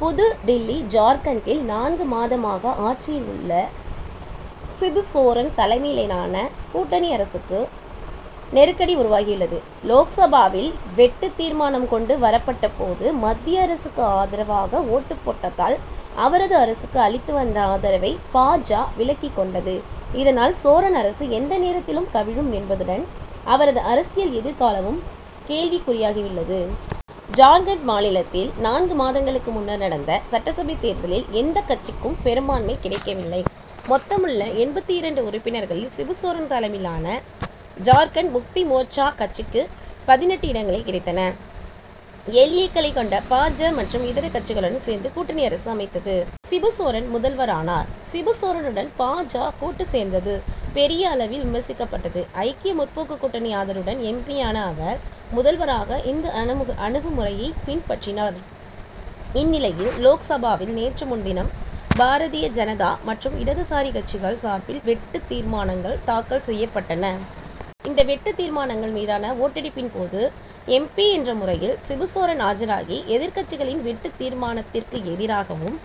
புதுடில்லி ஜார்க்கண்டில் நான்கு மாதமாக ஆட்சியில் உள்ள சிபு சோரன் தலைமையிலான கூட்டணி அரசுக்கு நெருக்கடி உருவாகியுள்ளது. லோக்சபாவில் வெட்டுத் தீர்மானம் கொண்டு வரப்பட்டபோது மத்திய அரசுக்கு ஆதரவாக ஓட்டுப் போட்டதால் அவரது அரசுக்கு அளித்து வந்த ஆதரவை பா. ஜ. விலக்கிக் கொண்டது. இதனால் சோரன் அரசு எந்த நேரத்திலும் கவிழும் என்பதுடன் அவரது அரசியல் எதிர்காலமும் கேள்விக்குறியாகி உள்ளது. ஜார்க்கண்ட் மாநிலத்தில் நான்கு மாதங்களுக்கு முன்னர் நடந்த சட்டசபைத் தேர்தலில் எந்தக் கட்சிக்கும் பெரும் பான்மை கிடைக்கவில்லை. மொத்தமுள்ள எண்பத்து இரண்டு உறுப்பினர்களில் சிபு சோரன் தலைமையிலான ஜார்க்கண்ட் முக்தி மோர்ச்சா கட்சிக்கு பதினெட்டு இடங்களே கிடைத்தன. எல். ஏ.க்களைக் கொண்ட பா. ஜ. மற்றும் இதர கட்சிகளுடன் சேர்ந்து கூட்டணி அரசு அமைத்தது. சிபு சோரன் முதல்வரானார். சிபு சோரனுடன் பா. ஜ. கூட்டு சேர்ந்தது பெரிய அளவில் விமர்சிக்கப்பட்டது. ஐக்கிய முற்போக்கு கூட்டணி ஆதரவுடன் எம். பி.யான அவர் முதல்வராக இந்த அணுகு அணுகுமுறையைப் பின்பற்றினார். இந்நிலையில் லோக்சபாவில் நேற்று முன்தினம் பாரதிய ஜனதா மற்றும் இடதுசாரி கட்சிகள் சார்பில் வெட்டுத் தீர்மானங்கள் தாக்கல் செய்யப் பட்டன. இந்த வெட்டுத் தீர்மானங்கள் மீதான ஓட்டெடுப்பின் போது எம். பி. என்ற முறையில் சிபு சோரன் ஆஜராகி எதிர்க் கட்சிகளின் வெட்டுத் தீர்மானத்திற்கு எதிராகவும்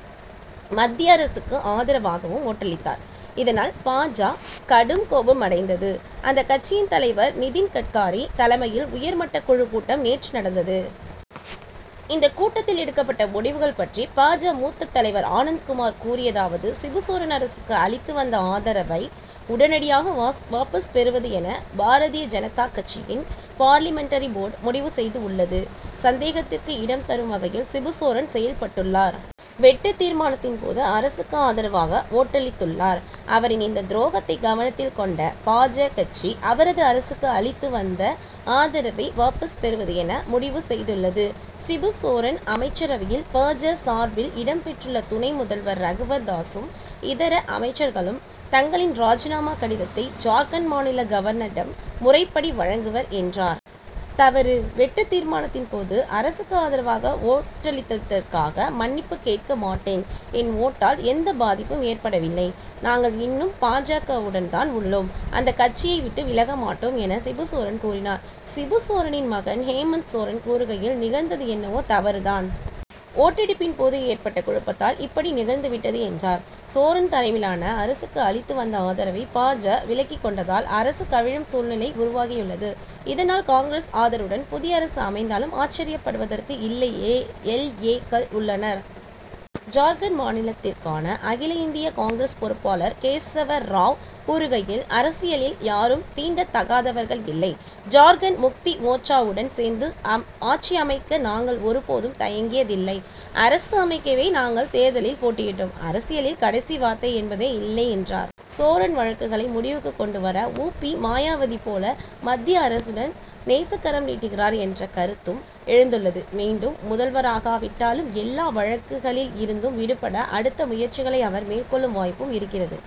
மத்திய அரசுக்கு ஆதரவாகவும் ஓட்டளித்தார். இதனால் பா. ஜ. கடும் கோபம் அடைந்தது. அந்தக் கட்சியின் தலைவர் நிதின் கட்காரி தலைமையில் உயர் மட்டக் குழு கூட்டம் நேற்று நடந்தது. இந்தக் கூட்டத்தில் எடுக்கப்பட்ட முடிவுகள் பற்றி பா. ஜ. மூத்த தலைவர் ஆனந்த் குமார் கூறியதாவது சிபு சோரன் அரசுக்கு அளித்து வந்த ஆதரவை உடனடியாக வாபஸ் பெறுவது என பாரதிய ஜனதா கட்சியின் பார்லிமென்டரி போர்டு முடிவு செய்து உள்ளது. சந்தேகத்திற்கு இடம் தரும் வகையில் சிபு சோரன் செயல்பட்டுள்ளார். வெட்டுத் தீர்மானத்தின் போது அரசுக்கு ஆதரவாக ஓட்டளித்துள்ளார். அவரின் இந்தத் துரோகத்தை கவனத்தில் கொண்ட பா. ஜ. கட்சி அவரது அரசுக்கு அளித்து வந்த ஆதரவை வாபஸ் பெறுவது என முடிவு செய்துள்ளது. சிபு சோரன் அமைச்சரவையில் பா. ஜ. சார்பில் இடம் பெற்றுள்ள துணை முதல்வர் ரகுவர் தாசும் இதர அமைச்சர்களும் தங்களின் ராஜினாமா கடிதத்தை ஜார்க்கண்ட் மாநில கவர்னரிடம் முறைப்படி வழங்குவர் என்றார். தவறு வெட்டுத் தீர்மானத்தின் போது அரசுக்கு ஆதரவாக ஓட்டளித்ததற்காக மன்னிப்பு கேட்க மாட்டேன். என் ஓட்டால் எந்தப் பாதிப்பும் ஏற்படவில்லை. நாங்கள் இன்னும் பா. ஜ.வுடன் தான் உள்ளோம். அந்தக் கட்சியை விட்டு விலகமாட்டோம் என சிபு சோரன் கூறினார். சிபு சோரனின் மகன் ஹேமந்த் சோரன் கூறுகையில் நிகழ்ந்தது என்னவோ தவறு தான். ஓட்டெடுப்பின் போது ஏற்பட்ட குழப்பத்தால் இப்படி நிகழ்ந்து விட்டது என்றார். சோரன் தலைமையிலான அரசுக்கு அளித்து வந்த ஆதரவை பா. ஜ. விலக்கிக் கொண்டதால் அரசு கவிழும் சூழ்நிலை உருவாகியுள்ளது. இதனால் காங்கிரஸ் ஆதரவுடன் புதிய அரசு அமைந்தாலும் ஆச்சர்யப்படுவதற்கு இல்லை. ஏ.எல். ஏ.க்கள் உள்ளனர். ஜார்க்கண்ட் மாநிலத்திற்கான அகில இந்திய காங்கிரஸ் பொறுப்பாளர் கேசவ ராவ் கூறுகையில் அரசியலில் யாரும் தீண்டத்தகாதவர்கள் இல்லை. ஜார்க்கண்ட் முக்தி மோர்ச்சாவுடன் சேர்ந்து ஆட்சி அமைக்க நாங்கள் ஒரு போதும் தயங்கியதில்லை. அரசு அமைக்கவே நாங்கள் தேர்தலில் போட்டியிட்டோம். அரசியலில் கடைசி வார்த்தை என்பதே இல்லை என்றார். சோரன் வழக்குகளை முடிவுக்கு கொண்டு வர உ. பி. மாயாவதி போல மத்திய அரசுடன் நேசக்கரம் நீட்டுகிறார் என்ற கருத்தும் எழுந்துள்ளது. மீண்டும் முதல்வராகா விட்டாலும் எல்லா வழக்குகளில் இருந்தும் விடுபட அடுத்த முயற்சிகளை அவர் மேற்கொள்ளும் வாய்ப்பும் இருக்கிறது.